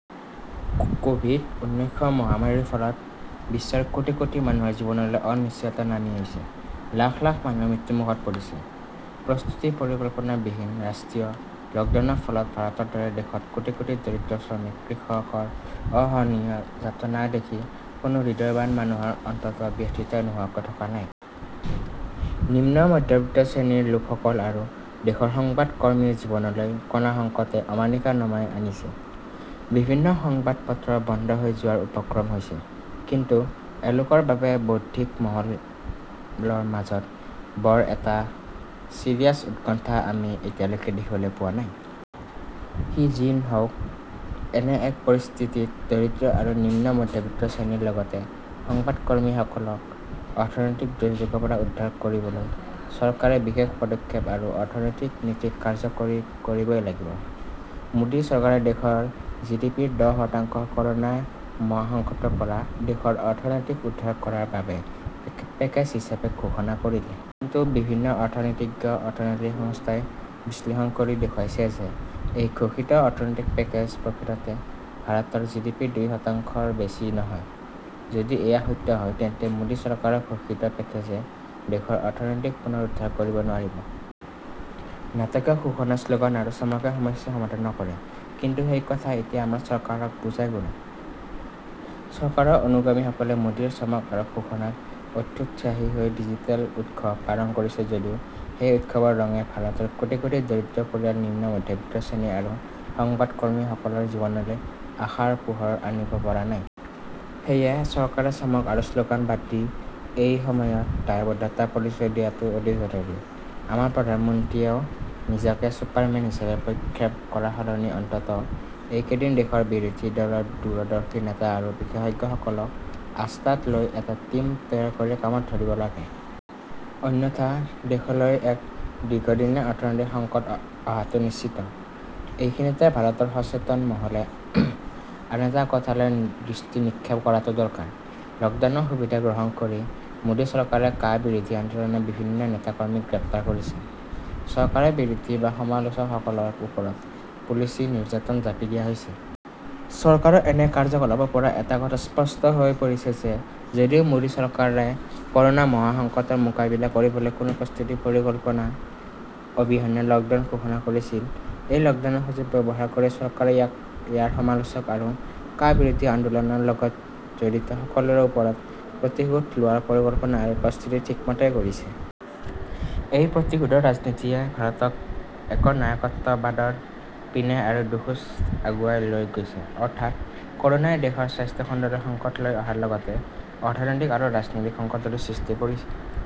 Covid ঊনৈশ মহামাৰীৰ ফলত বিশ্বৰ কোটি কোটি মানুহৰ জীৱনলৈ অনিশ্চয়তা নামি আহিছে। লাখ লাখ মানুহ মৃত্যু মুখত পৰিছে। প্ৰস্তুতি পৰিকল্পনা বিহীন ৰাষ্ট্ৰীয় লকডাউনৰ ফলত ভাৰতৰ দৰে দেশত কোটি কোটি দৰিদ্ৰ শ্ৰমিক কৃষকৰ অসহনীয় যাতনা দেখি কোনো হৃদয়ৱান মানুহৰ অন্তৰ ব্যথিত নোহোৱাকৈ থকা নাই। নিম্ন মধ্যবিত্ত শ্ৰেণীৰ লোকসকল আৰু দেশৰ সংবাদ কৰ্মীৰ জীৱনলৈ কনাসংকটে অমানিশা নমাই আনিছে। বিভিন্ন সংবাদপত্ৰ বন্ধ হৈ যোৱাৰ উপক্ৰম হৈছে।‌কিন্তু এওঁলোকৰ বাবে বৌদ্ধিক মহলৰ মাজত বৰ এটা চিৰিয়াছ উৎকণ্ঠা আমি এতিয়ালৈকে দেখিবলৈ পোৱা নাই। সি যি হওক এনে এক পৰিস্থিতিত দৰিদ্ৰ আৰু নিম্নমধ্যবিত্ত শ্ৰেণীৰ লগতে সংবাদকৰ্মী সকলক অৰ্থনৈতিক দুৰ্যোগৰ পৰা উদ্ধাৰ কৰিবলৈ চৰকাৰে বিশেষ পদক্ষেপ আৰু অৰ্থনৈতিক নীতি কাৰ্যকৰী কৰিবই লাগিব। মোদী চৰকাৰে দেশৰ জিডিপিৰ দহ‌ শতাংশ ক'ৰ'না মহাসংকটৰ পৰা দেশৰ অৰ্থনীতিক উদ্ধাৰ কৰাৰ বাবে পেকেজ হিচাপে ঘোষণা কৰিলে। কিন্তু বিভিন্ন অৰ্থনীতিজ্ঞ, অৰ্থনৈতিক সংস্থাই বিশ্লেষণ কৰি দেখুৱাইছে যে এই ঘোষিত অৰ্থনৈতিক পেকেজ প্ৰকৃততে ভাৰতৰ জিডিপিৰ দুই শতাংশৰ বেছি নহয়। যদি এয়া সত্য হয় তেন্তে মোদী চৰকাৰৰ ঘোষিত পেকেজে দেশৰ অৰ্থনীতি পুনৰুদ্ধাৰ কৰিব নোৱাৰিব। নাটকীয় ঘোষণা শ্লোগান আৰু চমকে সমস্যা সমাধান নকৰে। কিন্তু সেই কথা এতিয়া আমাৰ চৰকাৰক বুজায় কোনে। চৰকাৰৰ অনুগামীসকলে মোদীৰ চমক আৰু ঘোষণাত অত্যুৎসাহী হৈ ডিজিটেল উৎসৱ পালন কৰিছে যদিও সেই উৎসৱৰ ৰঙে ভাৰতৰ কোটি কোটি দৰিদ্ৰ পৰিয়াল নিম্নমধ্যবিত্ত শ্ৰেণী আৰু সংবাদকৰ্মীসকলৰ জীৱনলৈ আশাৰ পোহৰ আনিব পৰা নাই। সেয়ে চৰকাৰে চমক আৰু শ্লোগান বাদ দি এইসময়ত দায়ৱদ্ধতাৰ পৰিচয় দিয়াটো অতি জৰুৰী।‌ আমাৰ প্ৰধানমন্ত্ৰীয়েও নিজকে চুপাৰ মেন হিচাপে প্ৰক্ষেপ কৰাৰ সলনি অন্ততঃ এই কেইদিন দেশৰ বিৰোধী দলৰ দূৰদৰ্শী নেতা আৰু বিশেষজ্ঞসকলক আস্থাত লৈ এটা টীম তৈয়াৰ কৰি কামত ধৰিব লাগে। অন্যথা দেশলৈ এক দীৰ্ঘদিনীয়া অৰ্থনৈতিক সংকট অহাটো নিশ্চিত।‌‌ এইখিনিতে ভাৰতৰ সচেতন মহলে আন এটা কথালৈ দৃষ্টি নিক্ষেপ কৰাটো দৰকাৰ। লকডাউনৰ সুবিধা গ্ৰহণ কৰি মোদী চৰকাৰে কা বিৰোধী আন্দোলনৰ বিভিন্ন নেতাকৰ্মীক গ্ৰেপ্তাৰ কৰিছে, চৰকাৰৰ বিৰোধী বা সমালোচকসকলৰ ওপৰত পুলিচী নিৰ্যাতন জাপি দিয়া হৈছে। চৰকাৰৰ এনে কাৰ্যকলাপৰ পৰা এটা কথা স্পষ্ট হৈ পৰিছে যে যদিও মোদী চৰকাৰে ক'ৰ'না মহাসংকটৰ মোকাবিলা কৰিবলৈ কোনো প্ৰস্তুতি পৰিকল্পনা অবিহনে লকডাউন ঘোষণা কৰিছিল এই লকডাউনৰ সুযোগ ব্যৱহাৰ কৰি চৰকাৰে ইয়াৰ সমালোচক আৰু কা বিৰোধী আন্দোলনৰ লগত জড়িত সকলোৰে ওপৰত প্ৰতিশোধ লোৱাৰ পৰিকল্পনা আৰু প্ৰস্তুতি ঠিকমতেই কৰিছে। এই প্ৰতিশোধৰ ৰাজনীতিয়ে ভাৰতক একনায়কত্ববাদৰ পিনে আৰু দুখোজ আগুৱাই লৈ গৈছে। অৰ্থাৎ ক'ৰ'নাই দেশৰ স্বাস্থ্যখণ্ডলৈ সংকট লৈ অহাৰ লগতে অৰ্থনৈতিক আৰু ৰাজনৈতিক সংকটৰো সৃষ্টি কৰিছে।